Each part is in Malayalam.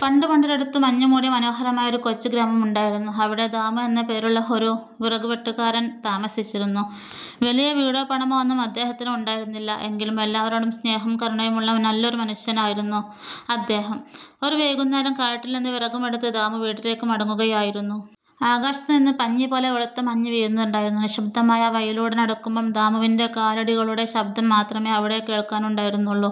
പണ്ട് പണ്ടൊരിടത്ത്, മഞ്ഞുമൂടിയ മനോഹരമായ ഒരു കൊച്ചു ഗ്രാമമുണ്ടായിരുന്നു. അവിടെ ദാമു എന്ന് പേരുള്ള ഒരു വിറകുവെട്ടുകാരൻ താമസിച്ചിരുന്നു. വലിയ വീടോ പണമോ ഒന്നും അദ്ദേഹത്തിന് ഉണ്ടായിരുന്നില്ല. എങ്കിലും, എല്ലാവരോടും സ്നേഹവും കരുണയുമുള്ള നല്ലൊരു മനുഷ്യനായിരുന്നു അദ്ദേഹം. ഒരു വൈകുന്നേരം, കാട്ടിൽ നിന്ന് വിറകുമെടുത്ത് ദാമു വീട്ടിലേക്ക് മടങ്ങുകയായിരുന്നു. ആകാശത്തുനിന്ന് പഞ്ഞിപോലെ വെളുത്ത മഞ്ഞ് വീഴുന്നുണ്ടായിരുന്നു. നിശബ്ദമായ ആ വഴിയിലൂടെ നടക്കുമ്പോൾ ദാമുവിന്റെ കാലടികളുടെ ശബ്ദം മാത്രമേ അവിടെ കേൾക്കാനുണ്ടായിരുന്നുള്ളൂ.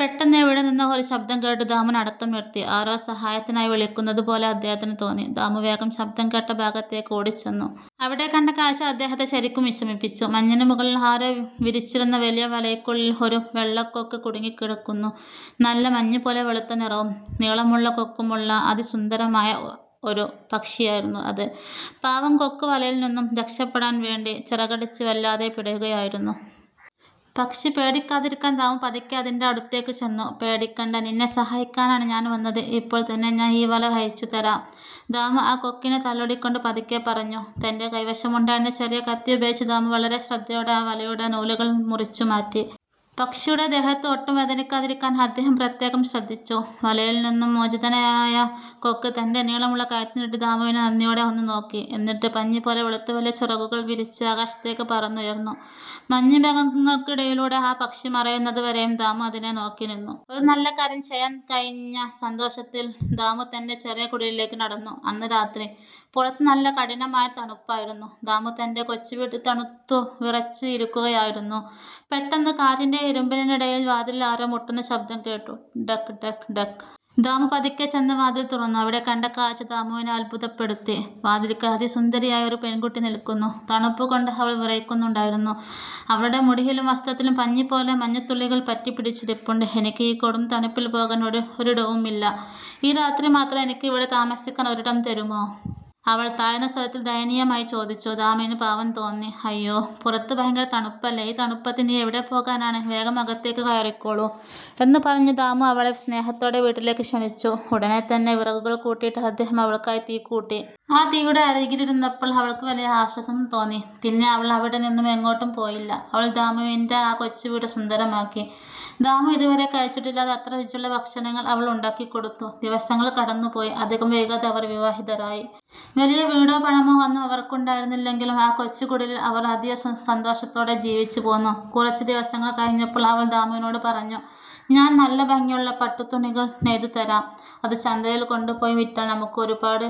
പെട്ടെന്ന്, എവിടെ നിന്നോ ഒരു ശബ്ദം കേട്ട് ദാമു നടത്തം നിർത്തി. ആരോ സഹായത്തിനായി വിളിക്കുന്നത് പോലെ അദ്ദേഹത്തിന് തോന്നി. ദാമു വേഗം ശബ്ദം കേട്ട ഭാഗത്തേക്ക് ഓടിച്ചെന്നു. അവിടെ കണ്ട കാഴ്ച അദ്ദേഹത്തെ ശരിക്കും വിഷമിപ്പിച്ചു. മഞ്ഞിന് മുകളിൽ ആരോ വിരിച്ചിരുന്ന വലിയ വലയ്ക്കുള്ളിൽ ഒരു വെള്ളക്കൊക്ക് കുടുങ്ങിക്കിടക്കുന്നു! നല്ല മഞ്ഞുപോലെ വെളുത്ത നിറവും നീളമുള്ള കൊക്കുമുള്ള അതിസുന്ദരമായ ഒരു പക്ഷിയായിരുന്നു അത്. പാവം കൊക്ക് വലയിൽ നിന്നും രക്ഷപെടാൻ വേണ്ടി ചിറകടിച്ച് വല്ലാതെ പിടയുകയായിരുന്നു. പക്ഷി പേടിക്കാതിരിക്കാൻ ദാമു പതുക്കെ അതിന്റെ അടുത്തേക്ക് ചെന്നു. "പേടിക്കണ്ട, നിന്നെ സഹായിക്കാനാണ് ഞാൻ വന്നത്. ഇപ്പോൾ തന്നെ ഞാൻ ഈ വല അഴിച്ചു തരാം. " ദാമു ആ കൊക്കിനെ തലോടിക്കൊണ്ട് പതുക്കെ പറഞ്ഞു. തന്റെ കൈവശമുണ്ടായിരുന്ന ചെറിയ കത്തി ഉപയോഗിച്ച് ദാമു വളരെ ശ്രദ്ധയോടെ ആ വലയുടെ നൂലുകൾ മുറിച്ചുമാറ്റി. പക്ഷിയുടെ ദേഹത്ത് ഒട്ടും വേദനിക്കാതിരിക്കാൻ അദ്ദേഹം പ്രത്യേകം ശ്രദ്ധിച്ചു. വലയിൽ നിന്നും മോചിതനായ കൊക്ക് തന്റെ നീളമുള്ള കഴുത്ത് നീട്ടി ദാമുവിനെ നന്ദിയോടെ ഒന്ന് നോക്കി. എന്നിട്ട് പഞ്ഞിപോലെ വെളുത്ത വലിയ ചിറകുകൾ വിരിച്ച് ആകാശത്തേക്ക് പറന്നുയർന്നു. മഞ്ഞുമേഘങ്ങൾക്കിടയിലൂടെ ആ പക്ഷി മറയുന്നത് വരെയും ദാമു അതിനെ നോക്കിനിന്നു. ഒരു നല്ല കാര്യം ചെയ്യാൻ കഴിഞ്ഞ സന്തോഷത്തിൽ ദാമു തന്റെ ചെറിയ കുടിലിലേക്ക് നടന്നു. അന്ന് രാത്രി! പുറത്ത് നല്ല കഠിനമായ തണുപ്പായിരുന്നു. ദാമു തന്റെ കൊച്ചുവീട്ടിൽ തണുത്തുവിറച്ച് ഇരിക്കുകയായിരുന്നു. പെട്ടെന്ന്, കാറ്റിന്റെ ഇരമ്പലിനിടയിൽ വാതിലിൽ ആരോ മുട്ടുന്ന ശബ്ദം കേട്ടു. 'ടക്… ടക്… ടക്! ' ദാമു പതുക്കെ ചെന്ന് വാതിൽ തുറന്നു. അവിടെ കണ്ട കാഴ്ച ദാമുവിനെ അത്ഭുതപ്പെടുത്തി! വാതിൽക്കൽ അതിസുന്ദരിയായ ഒരു പെൺകുട്ടി നിൽക്കുന്നു. തണുപ്പുകൊണ്ട് അവൾ വിറയ്ക്കുന്നുണ്ടായിരുന്നു. അവളുടെ മുടിയിലും വസ്ത്രത്തിലും പഞ്ഞിപോലെ മഞ്ഞുതുള്ളികൾ പറ്റിപ്പിടിച്ചിരിപ്പുണ്ട്. "എനിക്ക് ഈ കൊടുംതണുപ്പിൽ പോകാൻ ഒരിടവുമില്ല. ഈ രാത്രി മാത്രം എനിക്ക് ഇവിടെ താമസിക്കാൻ ഒരിടം തരുമോ? " അവൾ താഴ്ന്ന സ്വരത്തിൽ, ദയനീയമായി ചോദിച്ചു. ദാമുവിന് പാവം തോന്നി. "അയ്യോ, പുറത്ത് ഭയങ്കര തണുപ്പല്ലേ, ഈ തണുപ്പത്ത് നീ എവിടെ പോകാനാണ്? വേഗം അകത്തേക്ക് കയറിക്കോളൂ. " എന്ന് പറഞ്ഞ് ദാമു അവളെ സ്നേഹത്തോടെ വീട്ടിലേക്ക് ക്ഷണിച്ചു. ഉടനെ തന്നെ വിറകുകൾ കൂട്ടിയിട്ട് അദ്ദേഹം അവൾക്കായി തീ കൂട്ടി. ആ തീയുടെ അരികിലിരുന്നപ്പോൾ അവൾക്ക് വലിയ ആശ്വാസം തോന്നി. പിന്നെ അവൾ അവിടെ നിന്നും എങ്ങോട്ടും പോയില്ല. അവൾ ദാമുവിന്റെ ആ കൊച്ചു വീട് സുന്ദരമാക്കി. ദാമു ഇതുവരെ കഴിച്ചിട്ടില്ലാത്ത അത്ര രുചിയുള്ള ഭക്ഷണങ്ങൾ അവൾ ഉണ്ടാക്കിക്കൊടുത്തു. ദിവസങ്ങൾ കടന്നുപോയി. അധികം വൈകാതെ അവർ വിവാഹിതരായി. വലിയ വീടോ പണമോ ഒന്നും അവർക്കുണ്ടായിരുന്നില്ലെങ്കിലും, ആ കൊച്ചു കുടിലിൽ അവർ അതീവ സന്തോഷത്തോടെ ജീവിച്ചു പോന്നു. കുറച്ചു ദിവസങ്ങൾ കഴിഞ്ഞപ്പോൾ, അവൾ ദാമുവിനോട് പറഞ്ഞു: "ഞാൻ നല്ല ഭംഗിയുള്ള പട്ടുതുണികൾ നെയ്തു തരാം. അത് ചന്തയിൽ കൊണ്ടുപോയി വിറ്റാൽ നമുക്ക് ഒരുപാട്